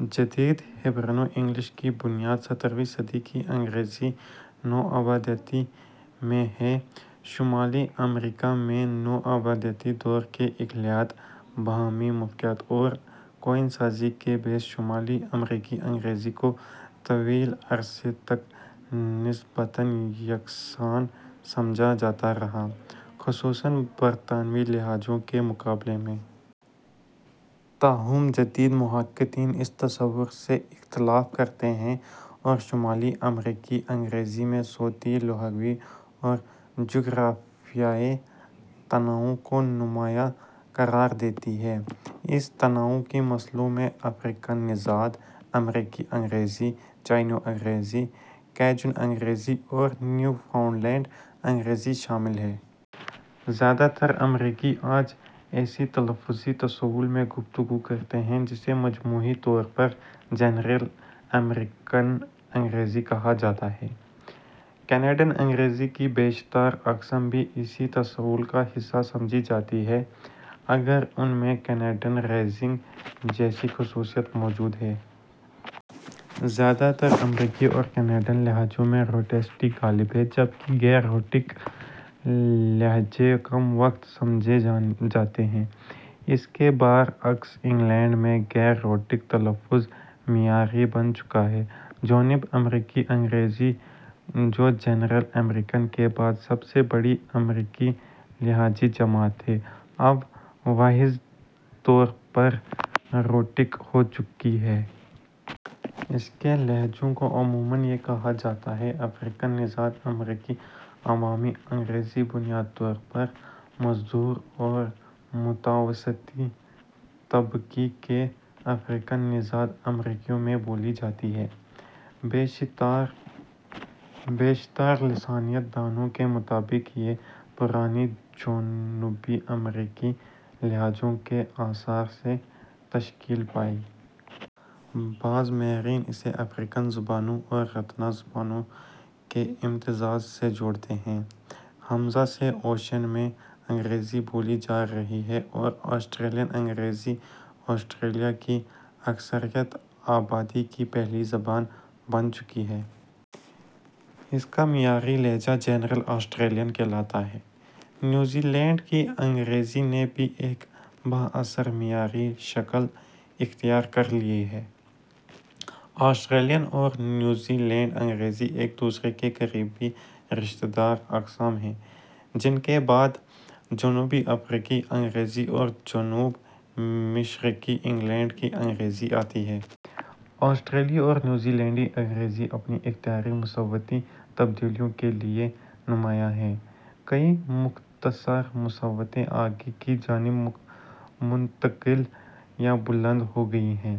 جدید ہایبرنو-انگلش کی بنیاد سترھویں صدی کی انگریزی نوآبادیات میں ہے۔ شمالی امریکا میں نوآبادیاتی دور کے اختلاط، باہمی موافقت اور کوئنے سازی کے باعث شمالی امریکی انگریزی کو طویل عرصے تک نسبتاً یکساں سمجھا جاتا رہا، خصوصاً برطانوی لہجوں کے مقابلے میں۔ تاہم جدید محققین اس تصور سے اختلاف کرتے ہیں اور شمالی امریکی انگریزی میں صوتی، لغوی اور جغرافیائی تنوع کو نمایاں قرار دیتے ہیں۔ اس تنوع کی مثالوں میں افریقی نژاد امریکی انگریزی ، چیکانو انگریزی ، کیجن انگریزی اور نیو فاؤنڈ لینڈ انگریزی شامل ہیں۔ زیادہ تر امریکی آج ایسے تلفظی تسلسل میں گفتگو کرتے ہیں جسے مجموعی طور پر جنرل امریکن انگریزی کہا جاتا ہے۔ کینیڈین انگریزی کی بیشتر اقسام بھی اسی تسلسل کا حصہ سمجھی جاتی ہیں، اگرچہ ان میں کینیڈین ریزنگ جیسی خصوصیات موجود ہیں۔ زیادہ تر امریکی اور کینیڈین لہجوں میں روٹیسٹی غالب ہے، جبکہ غیر روٹک لہجے کم وقعت سمجھے جاتے ہیں۔ اس کے برعکس انگلستان میں غیر روٹک تلفظ معیاری بن چکا ہے۔ جنوبی امریکی انگریزی ، جو جنرل امریکن کے بعد سب سے بڑی امریکی لہجائی جماعت ہے، اب واضح طور پر روٹک ہو چکی ہے۔ اس کے لہجوں کو عموماً یا کہا جاتا ہے۔ افریقی نژاد امریکی عوامی انگریزی بنیادی طور پر مزدور اور متوسط طبقے کے افریقی نژاد امریکیوں میں بولی جاتی ہے۔ بیشتر لسانیات دانوں کے مطابق یہ پرانے جنوبی امریکی لہجوں کے اثر سے تشکیل پائی۔ بعض ماہرین اسے افریقی زبانوں اور رطانہ زبانیں کے امتزاج سے جوڑتے ہیں۔ ء سے اوقیانوسیہ میں انگریزی بولی جا رہی ہے اور آسٹریلوی انگریزی آسٹریلیا کی اکثریتی آبادی کی پہلی زبان بن چکی ہے۔ اس کا معیاری لہجہ جنرل آسٹریلین کہلاتا ہے۔ نیوزی لینڈ کی انگریزی نے بھی ایک بااثر معیاری شکل اختیار کر لی ہے۔ آسٹریلوی اور نیوزی لینڈی انگریزی ایک دوسرے کی قریبی رشتہ دار اقسام ہیں، جن کے بعد جنوبی افریقی انگریزی اور جنوب مشرقی انگلستان کی انگریزی آتی ہیں۔ آسٹریلوی اور نیوزی لینڈی انگریزی اپنی اختراعی مصوتی تبدیلیوں کے لیے نمایاں ہیں۔ کئی مختصر مصوتے آگے کی جانب منتقل یا بلند ہو گئے ہیں،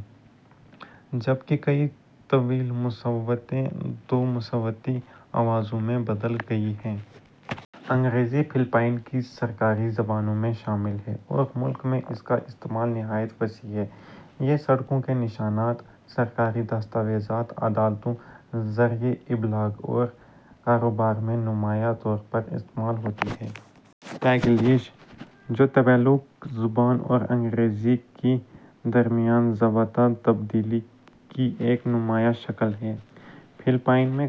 جبکہ کئی طویل مصوتے دو مصوتی آوازوں میں بدل گئے ہیں۔ انگریزی فلپائن کی سرکاری زبانوں میں شامل ہے اور ملک میں اس کا استعمال نہایت وسیع ہے۔ یہ سڑکوں کے نشانات، سرکاری دستاویزات، عدالتوں، ذرائع ابلاغ اور کاروبار میں نمایاں طور پر استعمال ہوتی ہے۔ ٹیگلیش ، جو تگالوگ زبان اور انگریزی کے درمیان ضابطہ تبدیلی کی ایک نمایاں شکل ہے، فلپائن میں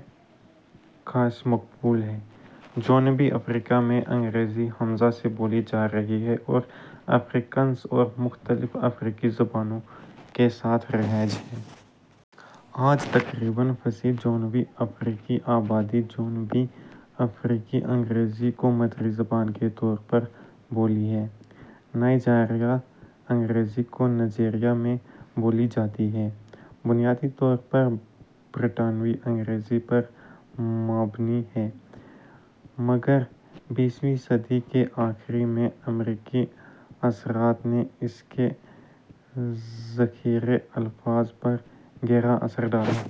خاصی مقبول ہے۔ جنوبی افریقا میں انگریزی ء سے بولی جا رہی ہے اور افریکانس اور مختلف افریقی زبانوں کے ساتھ رائج ہے۔ آج تقریباً فیصد جنوبی افریقی آبادی جنوبی افریقی انگریزی کو مادری زبان کے طور پر بولتی ہے۔ ۔ نائجیریائی انگریزی ، جو نائجیریا میں بولی جاتی ہے، بنیادی طور پر برطانوی انگریزی پر مبنی ہے، مگر بیسویں صدی کے اواخر میں امریکی اثرات نے اس کے ذخیرہ الفاظ پر گہرا اثر ڈالا۔